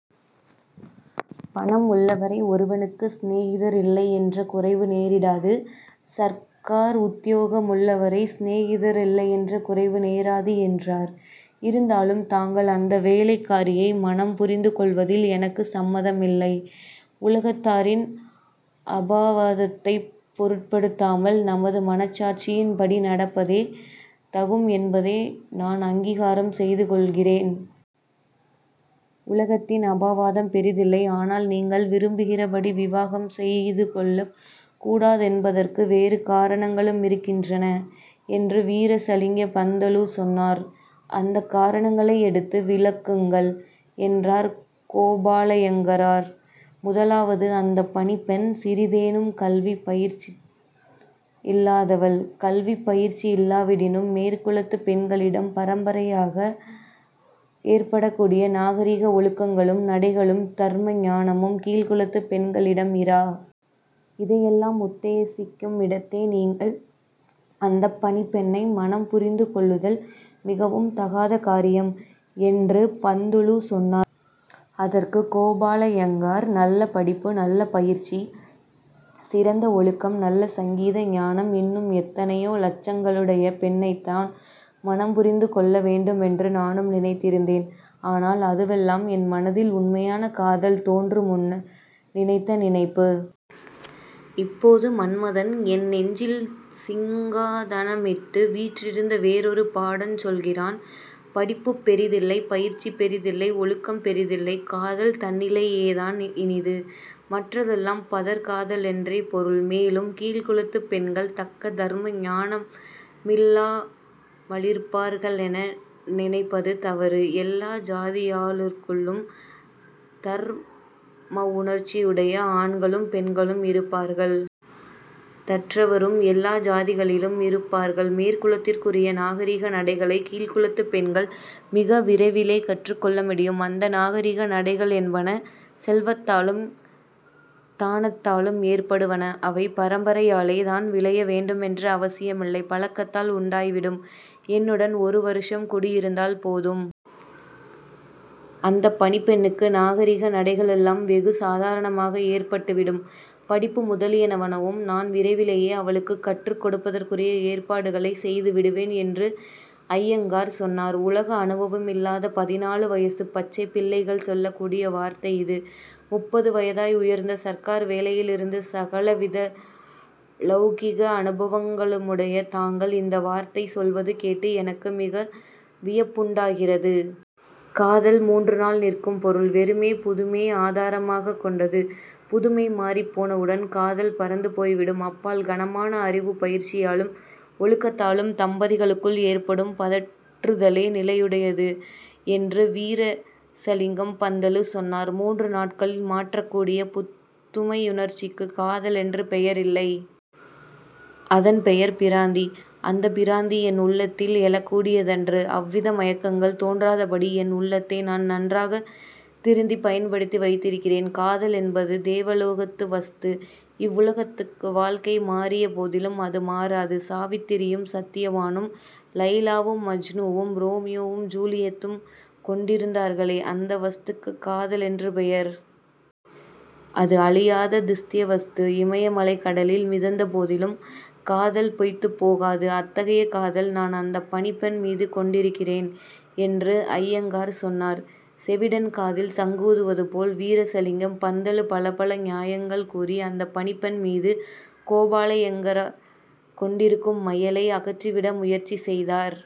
பணம் உள்ளவரை ஒருவனுக்கு சிநேகிதரில்லையென்ற குறைவு நேரிடாது. சர்க்கார் உத்தியோக முள்ளவரை சிநேகிதரில்லையென்ற குறைவு நேராது'' என்றார். ''இருந்தாலும் தாங்கள் அந்த வேலைக்காரியை மணம்புரிந்து கொள்வதில் எனக்கு சம்மதில்லை. உலகத்தாரின் அபவாதத்தைப் பொருட்படுத்தாமல் நமது மனச்சாட்சியின்படி நடப்பதே தகும் என்பதே நான் அங்கீகாரம் செய்து கொள்ளுகிறேன். உலகத்தின் அபவாதம் பெரிதில்லை. ஆனால், நீங்கள் விரும்புகிறபடி விவாகம் செய்துகொள்ளக் கூடாதென்பதற்கு வேறு காரணங்களுமிருக்கின்றன'' என்று வீரேசலிங்க பந்துலு சொன்னார். ''அந்தக் காரணங்களையெடுத்து விளக்குங்கள்'' என்றார் கோபாலய்யங்கார். ''முதலாவது, அந்தப் பணிப்பெண் சிறிதேனும் கல்விப்பயிற்சியில்லாதவள். கல்விப் பயிற்சியில்லாவிடினும் மேற்குலத்துப் பெண்களிடம் பரம்பரையாக ஏற்படக்கூடிய நாகரிக ஒழுக்கங்களும் நடைகளும் தர்ம ஞானமும் கீழ்க்குலத்துப் பெண்களிடம் இரா. இதையெல்லாம் உத்தேசிக்குமிடத்தே, நீங்கள் அந்தப் பணிப்பெண்ணை மணம் புரிந்து கொள்ளுதல் மிகவும் தகாத காரியம்'' என்று பந்துலு சொன்னார். அதற்கு கோபாலய்யங்கார்-''நல்ல படிப்பு, நல்ல பயிற்சி, சிறந்த ஒழுக்கம், நல்ல சங்கீத ஞானம் இன்னும் எத்தனையோ லட்சணங்களுடைய பெண்ணைத்தான் மணம்புரிந்து கொள்ளவேண்டுமென்று நானும் நினைத்திருந்தேன். ஆனால் அதுவெல்லாம் என் மனதில் உண்மையான காதல் தோன்று முன்னர் நினைத்த நினைப்பு. இப்போது மன்மதன் என் நெஞ்சில் சிங்காதனமிட்டு வீற்றிருந்து வேறொரு பாடஞ் சொல்லுகிறான். படிப்புப் பெரிதில்லை. பயிற்சி பெரிதில்லை. ஒழுக்கம் பெரிதில்லை. காதல் தன்னிலேயேதான் இனிது. மற்றதெல்லாம் பதர். காதலொன்றே பொருள். மேலும், கீழ்க்குலத்துப் பெண்கள் தக்க தர்ம ஞானமில்லாமலிருப்பார்களென்று நினைப்பது தவறு. எல்லா ஜாதியாருக்குள்ளும் தர்மவுணர்ச்சியுடைய ஆண்களும் பெண்களும் இருப்பார்கள். அ·தற்றவரும் எல்லா ஜாதிகளிலும் இருப்பார்கள். மேற்குலத்துக்குரிய நாகரிக நடைகளைக் கீழ்க்குலத்துப் பெண்கள் மிக விரைவிலே கற்றுக் கொள்ள முடியும். அந்த நாகரிக நடைகளென்பன செல்வத்தாலும் ஸ்தானத்தாலும் ஏற்படுவன. அவை பரம்பரையாலே தான் விளைய வேண்டுமென்ற அவசியமில்லை. பழக்கத்தால் உண்டாய்விடும். என்னுடன் ஒரு வருஷம் குடியிருந்தால் போதும். அந்தப் பணிப்பெண்ணுக்கு நாகரிக நடைகளெல்லாம் வெகு சாதாரணமாக ஏற்பட்டுவிடும். படிப்பு முதலியனவும் நான் விரைவிலே அவளுக்குக் கற்றுக் கொடுப்பதற்குரிய ஏற்பாடுகள் செய்துவிடுவேன்'' என்று அய்யங்கார் சொன்னார். ''உலக அனுபவமில்லாத பதினாலு வயதுப் பச்சைப் பிள்ளைகள் சொல்லக்கூடிய வார்த்தை இது. முப்பது வயதாய், உயர்ந்த சர்க்கார் வேலையிலிருந்து சகலவித லௌகிக அனுபவங்களுமுடைய தாங்கள் இந்த வார்த்தை சொல்வது கேட்டு எனக்கு மிக வியப்புண்டாகிறது. காதல் மூன்று நாள் நிற்கும் பொருள். வெறுமே புதுமையை ஆதாரமாகக் கொண்டது. புதுமை மாறிப் போனவுடன் காதல் பறந்து போய்விடும். அப்பால் கனமான அறிவுப் பயிற்சியாலும் ஒழுக்கத்தாலும் தம்பதிகளுக்குள் ஏற்படும் பற்றுதலே நிலையுடையது'' என்று வீரேசலிங்கம் பந்துலு சொன்னார். ''மூன்று நாட்களில் மாறக்கூடிய புதுமையுணர்ச்சிக்கு காதலென்று பெயரில்லை. அதன் பெயர் பிராந்தி. அந்த பிராந்தி என் உள்ளத்தில் எழக்கூடியதன்று. அவ்வித மயக்கங்கள் தோன்றாதபடி என் உள்ளத்தை நான் நன்றாகத் திருத்திப் பண்படுத்தி வைத்திருக்கிறேன். காதலென்பது தேவலோகத்து வஸ்து. இவ்வுலகத்துக்கு வாழ்க்கை மாறியபோதிலும் அது மாறாது. சாவித்திரியும் சத்யவானும்; லைலாவும் மஜ்னூவும்; ரோமியோவும் ஜூலியெத்தும் கொண்டிருந்தார்களே, அந்த வஸ்துக்குக் காதலென்று பெயர். அது அழியாத நித்ய வஸ்து. இமயமலை கடலில் மிதந்தபோதிலும், காதல் பொய்த்துப் போகாது. அத்தகைய காதல் நான் அந்தப் பணிப்பெண் மீது கொண்டிருக்கிறேன்'' என்று அய்யங்கார் சொன்னார். செவிடன் காதில் சங்கூதுவது போல் வீரேசலிங்கம் பந்துலு பலபல நியாயங்கள் கூறி அந்தப் பணிப்பெண் மீது கோபாலய்யங்கார் கொண்டிருக்கும் மையலை அகற்றிவிட முயற்சி செய்தார்.